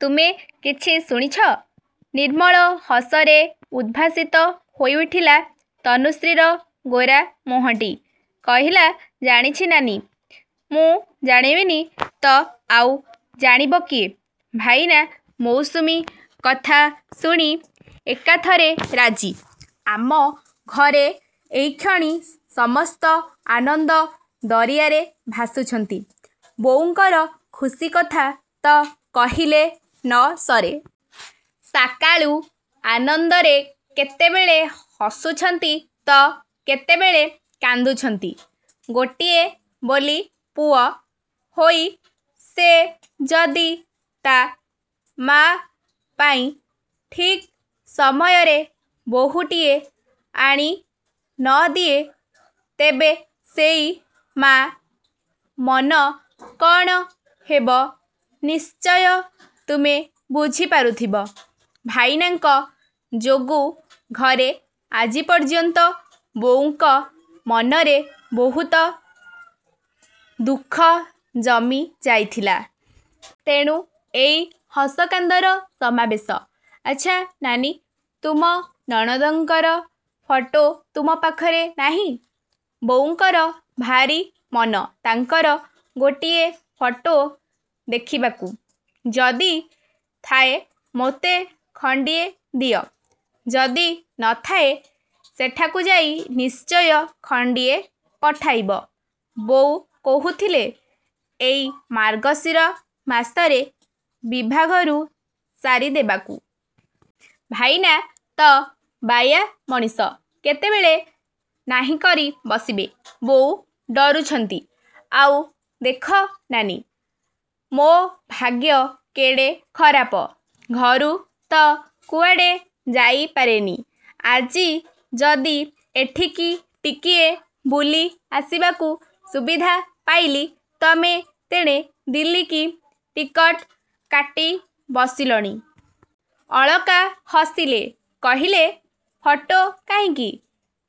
ତୁମେ କିଛି ଶୁଣିଛ? ନିର୍ମଳ ହସରେ ଉଦ୍ଭାସିତ ହୋଇଉଠିଲା ତନୁଶ୍ରୀର ଗୋରା ମୁହଁଟି। କହିଲା ଜାଣିଛି ନାନୀ, ମୁଁ ଜାଣିବିନି ତ ଆଉ ଜାଣିବ କିଏ। ଭାଇନା ମୌସୁମୀ କଥା ଶୁଣି ଏକାଥରେ ରାଜି। ଆମ ଘରେ ଏଇକ୍ଷଣି ସମସ୍ତ ଆନନ୍ଦ ଦରିଆରେ ଭାସୁଛନ୍ତି। ବୋଉଙ୍କର ଖୁସିକଥା ତ କହିଲେ ନ ସରେ। ସାକାଳୁ ଆନନ୍ଦରେ କେତେବେଳେ ହସୁଛନ୍ତି ତ କେତେବେଳେ କାନ୍ଦୁଛନ୍ତି। ଗୋଟିଏ ବୋଲି ପୁଅ ହୋଇ ସେ ଯଦି ତା' ମା' ପାଇଁ ଠିକ୍ ସମୟରେ ବୋହୂଟିଏ ଆଣି ନ ଦିଏ ତେବେ ସେଇ ମା' ମନ କ'ଣ ହେବ ନିଶ୍ଚୟ ତୁମେ ବୁଝିପାରୁଥିବ। ଭାଇନାଙ୍କ ଯୋଗୁଁ ଘରେ ଆଜିପର୍ଯ୍ୟନ୍ତ ବୋଉଙ୍କ ମନରେ ବହୁତ ଦୁଃଖ ଜମି ଯାଇଥିଲା। ତେଣୁ ଏଇ ହସକାନ୍ଦର ସମାବେଶ। ଆଚ୍ଛା ନାନୀ, ତୁମ ନଣନ୍ଦଙ୍କର ଫଟୋ ତୁମ ପାଖରେ ନାହିଁ? ବୋଉଙ୍କର ଭାରି ମନ ତାଙ୍କର ଗୋଟିଏ ଫଟୋ ଦେଖିବାକୁ। ଯଦି ଥାଏ ମୋତେ ଖଣ୍ତିଏ ଦିଅ, ଯଦି ନ ଥାଏ ସେଠାକୁଯାଇ ନିଶ୍ଚୟ ଖଣ୍ତିଏ ପଠାଇବ। ବୋଉ କହୁଥିଲେ, ଏଇ ମାର୍ଗଶିର ମାସରେ ବିଭାଘରୁ ସାରିଦେବାକୁ। ଭାଇନା ତ ବାୟା ମଣିଷ, କେତେବଳେ ନାହିଁକରି ବସିବେ। ବୋଉ ଡରୁଛନ୍ତି। ଆଉ ଦେଖ ନାନୀ, ମୋ ଭାଗ୍ୟ କେଡ଼େ ଖରାପ। ଘରୁ ତ କୁଆଡ଼େ ଯାଇପାରେନି। ଆଜି ଯଦି ଏଠିକି ଟିକିଏ ବୁଲି ଆସିବାକୁ ସୁବିଧା ପାଇଲି ତମେ ତେଣେ ଦିଲ୍ଲୀକି ଟିକଟ୍ କାଟି ବସିଲଣି। ଅଳକା ହସିଲେ, କହିଲେ-ଫଟୋ କାହିଁକି!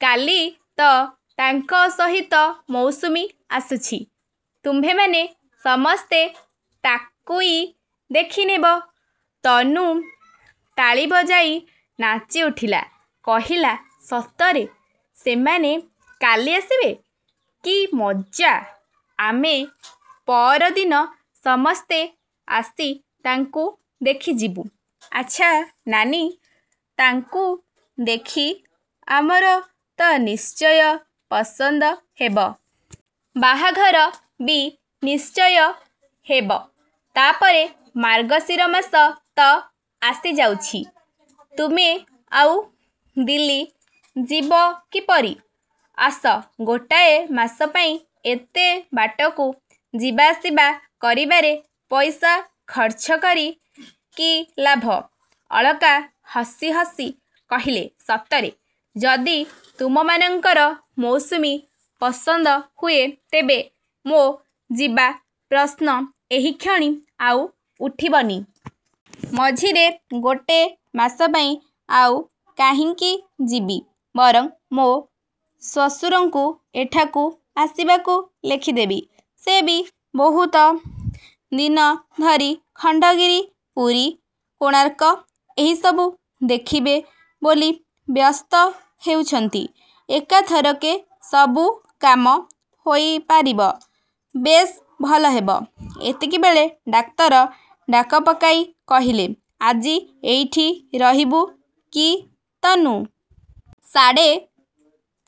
କାଲି ତ ତାଙ୍କ ସହିତ ମୌସୁମୀ ଆସୁଛି-। ତୁମ୍ଭେମାନେ ସମସ୍ତେ ତାକୁଇ ଦେଖିନେବ। ତନୁ ତାଳିବଜାଇ ନାଚିଉଠିଲା, କହିଲା-ସତରେ ସେମାନେ କାଲି ଆସିବେ? କି ମଜା-! ଆମେ ପଅରଦିନ ସମସ୍ତେ ଆସି ତାଙ୍କୁ ଦେଖିଯିବୁ। ଆଚ୍ଛା ନାନୀ, ତାଙ୍କୁ ଦେଖି ଆମର ତ ନିଶ୍ଚୟ ପସନ୍ଦ ହେବ। ବାହାଘର ବି ନିଶ୍ଚୟ ହେବ ତା'ପରେ ମାର୍ଗଶିରମାସ ତ ଆସିଯାଉଛି। ତୁମେ ଆଉ ଦିଲ୍ଲୀ ଯିବ କିପରି! ଆସ ଗୋଟାଏ ମାସପାଇଁ ଏତେ ବାଟକୁ ଯିବାଆସିବା କରିବାରେ ପଇସା ଖର୍ଚ୍ଛକରି କି ଲାଭ। ଅଳକା ହସି ହସି କହିଲେ-ସତରେ ଯଦି ତୁମମାନଙ୍କର ମୌସୁମୀ ପସନ୍ଦ ହୁଏ, ତେବେ ମୋ ଯିବା ପ୍ରଶ୍ନ ଏହିକ୍ଷଣି ଆଉ ଉଠିବନି। ମଝିରେ ଗୋଟେ ମାସପାଇଁ ଆଉ କାହିଁକି ଯିବି-। ବରଂ ମୋ ଶ୍ୱଶୁରଙ୍କୁ ଏଠାକୁ ଆସିବାକୁ ଲେଖିଦେବି। ସେ ବି ବହୁତ ଦିନ ଧରି ଖଣ୍ତଗିରି, ପୁରୀ, କୋଣାର୍କ ଏହିସବୁ ଦେଖିବେ ବୋଲି ବ୍ୟସ୍ତ ହେଉଛନ୍ତି। ଏକାଥରକେ ସବୁ କାମ ହୋଇପାରିବ-। ବେଶ୍ ଭଲ ହେବ। ଏତିକିବେଳେ ଡାକ୍ତର ଡାକପକାଇ କହିଲେ-ଆଜି ଏଇଠି ରହିବୁ କି ତନୁ? ସାଡ଼େ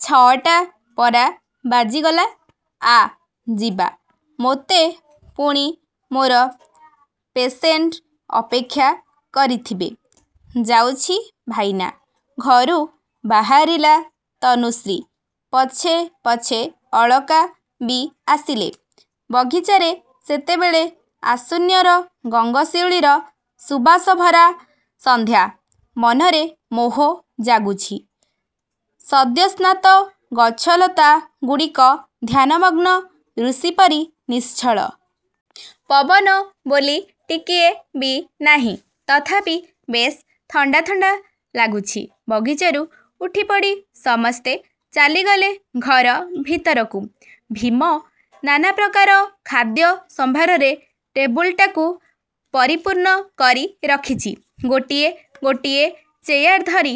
ଛଅଟା ପରା ବାଜିଗଲା। ଆ ଯିବା। ମୋତେ ପୁଣି ମୋର ପେସେଣ୍ଟ୍ ଅପେକ୍ଷା କରିଥିବେ। -ଯାଉଛି ଭାଇନା। ଘରୁ ବାହାରିଲା ତନୁଶ୍ରୀ। ପଛେ ପଛେ ଅଳକା ବି ଆସିଲେ। ବଗିଚାରେ ସେତେବେଳେ ଆଶ୍ୱିନର ଗଙ୍ଗଶିଉଳିର ସୁବାସଭରା ସନ୍ଧ୍ୟା। ମନରେ ମୋହ ଜାଗୁଛି। ସଦ୍ୟସ୍ନାତ ଗଛଲତା ଗୁଡ଼ିକ ଧ୍ୟାନମଗ୍ନ ଋଷିପରି ନିଶ୍ଚଳ। ପବନ ବୋଲି ଟିକିଏ ବି ନାହିଁ। ତଥାପି ବେଶ୍ ଥଣ୍ତା ଥଣ୍ତା ଲାଗୁଛି। ବଗିଚାରୁ ଉଠିପଡ଼ି ସମସ୍ତେ ଚାଲିଗଲେ ଘର ଭିତରକୁ। ଭୀମ ନାନାପ୍ରକାର ଖାଦ୍ୟ ସମ୍ଭାରରେ ଟେବୁଲ୍ଟାକୁ ପରିପୂର୍ଣ୍ଣ କରି ରଖିଛି। ଗୋଟିଏ ଗୋଟିଏ ଚେୟାରଧରି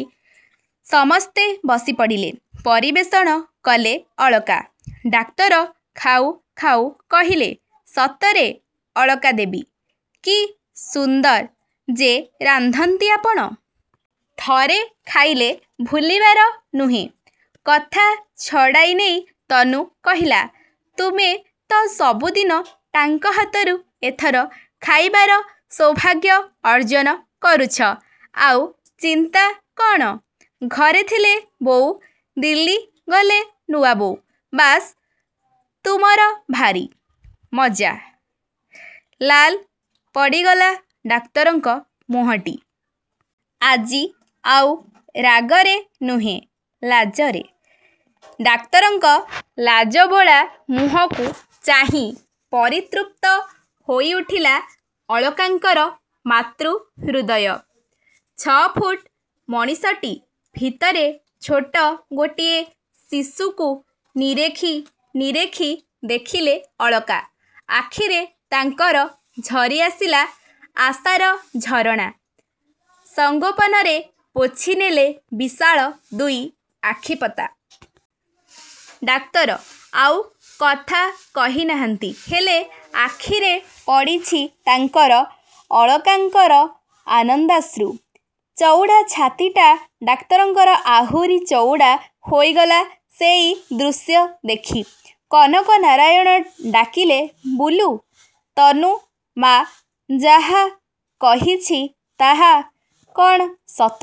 ସମସ୍ତେ ବସିପଡ଼ିଲେ। ପରିବେଷଣ କଲେ ଅଳକା। ଡାକ୍ତର ଖାଉ ଖାଉ କହିଲେ-ସତରେ ଅଳକା ଦେବୀ, କି ସୁନ୍ଦର ଯେ ରାନ୍ଧନ୍ତି ଆପଣ-! ଥରେ ଖାଇଲେ ଭୁଲିବାର ନୁହେଁ। କଥା ଛଡ଼ାଇନେଇ ତନୁ କହିଲା-ତୁମେ ତ ସବୁଦିନ ତାଙ୍କ ହାତରୁ ଏଥର ଖାଇବାର ସୌଭାଗ୍ୟ ଅର୍ଜନ କରୁଛ। ଆଉ ଚିନ୍ତା କ'ଣ। ଘରେଥିଲେ ବୋଉ, ଦିଲ୍ଲୀ ଗଲେ ନୂଆବୋଉ। ବାସ୍, ତୁମର ଭାରି। ମଜା। ଲାଲ୍ ପଡ଼ିଗଲା ଡାକ୍ତରଙ୍କ ମୁହଁଟି। ଆଜି ଆଉ ରାଗରେ ନୁହେଁ, ଲାଜରେ। ଡାକ୍ତରଙ୍କ ଲାଜବୋଳା ମୁହଁକୁ ଚାହିଁ ପରିତୃପ୍ତ ହୋଇଉଠିଲା ଅଳକାଙ୍କର ମାତୃ ହୃଦୟ-। ଛଅଫୁଟ୍ ମଣିଷଟି ଭିତରେ ଛୋଟ ଗୋଟିଏ ଶିଶୁକୁ ନିରେଖି ନିରେଖି ଦେଖିଲେ ଅଳକା-। ଆଖିରେ ତାଙ୍କର ଝରିଆସିଲା ଆଶାର ଝରଣା। ସଂଗୋପନରେ ପୋଛିନେଲେ ବିଶାଳ ଦୁଇ ଆଖିପତା। ଡାକ୍ତର ଆଉ କାଥା କହିନାହାନ୍ତି। ହେଲେ, ଆଖିରେ ପଡ଼ିଛି ତାଙ୍କର ଅଳକାଙ୍କର ଆନନ୍ଦାଶ୍ରୁ। ଚଉଡ଼ା ଛାତିଟା ଡାକ୍ତରଙ୍କର ଆହୁରି ଚଉଡ଼ା ହୋଇଗଲା ସେଇ ଦୃଶ୍ୟ ଦେଖି। କନକନାରାୟଣ ଡାକିଲେ-ବୁଲୁ! ତନୁ ମା' ଯାହା କହିଛି ତାହା କ'ଣ ସତ?